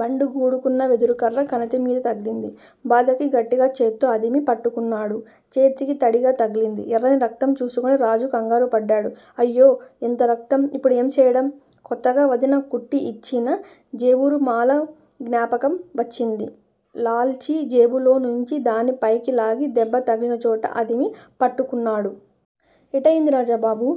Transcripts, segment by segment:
బండిగూడుకున్న వెదురుకర్ర కణతమీద తగిలింది. బాధకి గట్టిగా చేత్తో అదిమి పట్టుకున్నాడు. చేతికి తడిగా తగిలింది. ఎర్రని రక్తం చూసుకొని రాజు కంగారుపడ్డాడు. 'అయ్యో, ఎంత రక్తం! ఇప్పుడు ఏమి చెయ్యడం? ' కొత్తగా వదిన కుట్టి ఇచ్చిన జేబురుమాలు జ్ఞాపకం వచ్చింది. లాల్చీ జేబులోనుంచి దాన్ని పైకి లాగి దెబ్బ తగిలినచోట అదిమి పట్టుకొన్నాడు. ఏటయింది, రాజుబాబూ?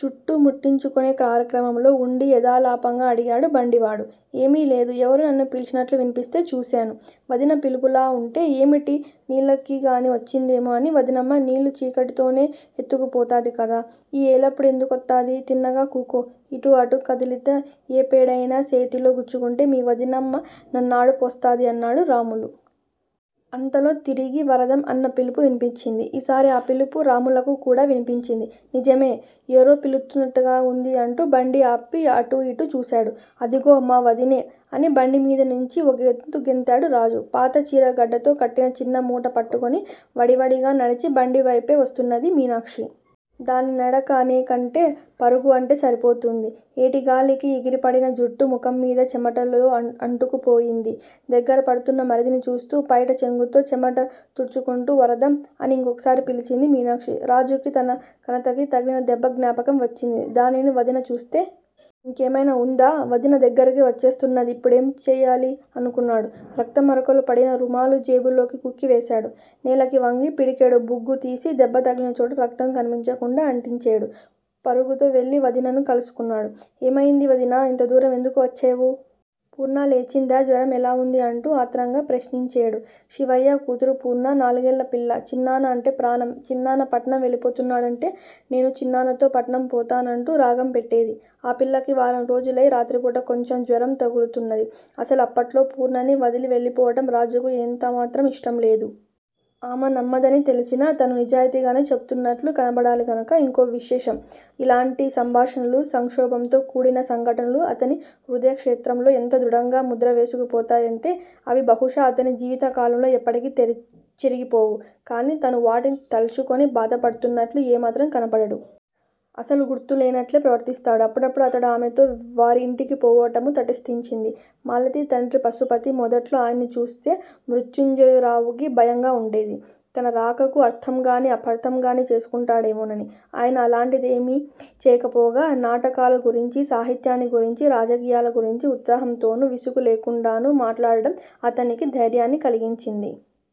చుట్ట ముట్టించుకొనే కార్యక్రమంలో ఉండి యాదాలాపంగా అడిగేడు బండివాడు. ఏమీలేదు. ఎవరో నన్ను పిలిచినట్లు వినిపిస్తే చూసేను. వదిన పిలుపులా ఉంటే ఏమిటి నీళ్ళకికాని వచ్చిందేమో అని వదినమ్మ నీళ్ళు చీకటితోనే ఎత్తుకుపోతది కదా! ఈ ఏలప్పుడు ఎందుకొత్తాది? తిన్నగా కూకో. ఇటు అటు కదిలితే ఏ పేడయినా సేతిలో గుచ్చుకొంటే మీ వదినమ్మ నన్నాడిపోస్తాది అన్నాడు రాములు. అంతలో తిరిగి 'వరదం' అన్న పిలుపు వినిపించింది. ఈసారి ఆ పిలుపు రాములుకి కూడా వినిపించింది. నిజమే, ఏరో పిలుత్తున్నట్టగే ఉంది అంటూ బండి ఆపి అటు ఇటు చూసేడు. అదిగో, మా వదినే! అని బండిమీదనించి ఒక్కగెంతు గెంతేడు రాజు. పాత చీరగుడ్డతో కట్టిన చిన్న మూట పట్టుకొని వడివడిగా నడిచి బండివైపే వస్తున్నాది మీనాక్షి. దాన్ని నడక అనేకంటే పరుగు అంటే సరిపోతుంది. ఏటిగాలికి ఎగిరిపడిన జుట్టు ముఖంమీద చెమటలో అంటుకు పోయింది. దగ్గిరపడుతున్న మరిదిని చూస్తూ పైటచెంగుతో చెమట తుడుచుకుంటూ వరదం! అని ఇంకోసారి పిలిచింది మీనాక్షి. రాజుకి తన కణతకి తగిలిన దెబ్బ జ్ఞాపకం వచ్చింది. 'దానిని వదిన చూస్తే? ఇంకేమైనా ఉందా? వదిన దగ్గిరికి వచ్చేస్తున్నాది. ఇప్పుడేం చెయ్యాలి? ' అనుకొన్నాడు. రక్తం మరకలు పడిన రుమాలు జేబులో కుక్కి వేసేడు. నేలకి వంగి పిడికెడు బుగ్గితీసి దెబ్బతగిలినచోట రక్తం కనిపించకుండా అంటించేడు. పరుగుతో వెళ్ళి వదిన్ని కలుసుకొన్నాడు. ఏమయింది, వదినా! ఇంతదూరం ఎందుకు వచ్చేవు? పూర్ణలేచిందా? జ్వరం ఎలా ఉంది? అంటూ ఆత్రంగా ప్రశ్నించేడు. శివయ్య కూతురు పూర్ణ. నాలుగేళ్ళ పిల్ల. చిన్నాన్న అంటే ప్రాణం. చిన్నాన్న పట్నం వెళ్ళిపోతాడంటే 'నేనూ చిన్నాన్నతో పట్నం పోతా'నంటూ రాగం పెట్టేది. ఆ పిల్లకి వారంరోజులై రాత్రిపూట కొంచెం జ్వరం తగులుతున్నాది. అసలు అప్పట్లో పూర్ణని వదిలి వెళ్ళిపోవడం రాజుకి యెంతమాత్రం ఇష్టంలేదు. ఆమె నమ్మదని తెలిసినా, తను నిజాయితీగానే చెబుతున్నట్లు కనబడాలి గనక. ఇంకో విశేషం. ఇలాంటి సంభాషణలు, సంక్షోభంతో కూడిన సంఘటనలూ అతని హృదయక్షేత్రంలో ఎంత దృఢంగా ముద్రవేసుకుపోతాయంటే, అవి బహుశా అతని జీవితకాలంలో ఎప్పటికీ చెరిగిపోవు. కాని తను వాటిని తలచుకుని బాధపడుతున్నట్లు ఏమాత్రం కనబడడు. అసలు గుర్తులేనట్లే ప్రవర్తిస్తాడు. అప్పుడప్పుడు అతడు ఆమెతో వారియింటికి పోవటమూ తటస్థించింది. మాలతి తండ్రి పశుపతి, మొదట్లో ఆయన్ని చూస్తే మృత్యుంజయరావుకి భయంగా వుండేది. తన రాకకు అర్ధంగానీ, అపార్థంగానీ చేసుకుంటాడేమోనని. ఆయన అలాంటిదేమీ చేయకపోగా నాటకాలగురించీ, సాహిత్యాన్ని గురించీ, రాజకీయాలగురించీ ఉత్సాహంతోనూ, విసుగులేకుండానూ మాట్లాడటం అతనికి ధైర్యాన్ని కలిగించింది.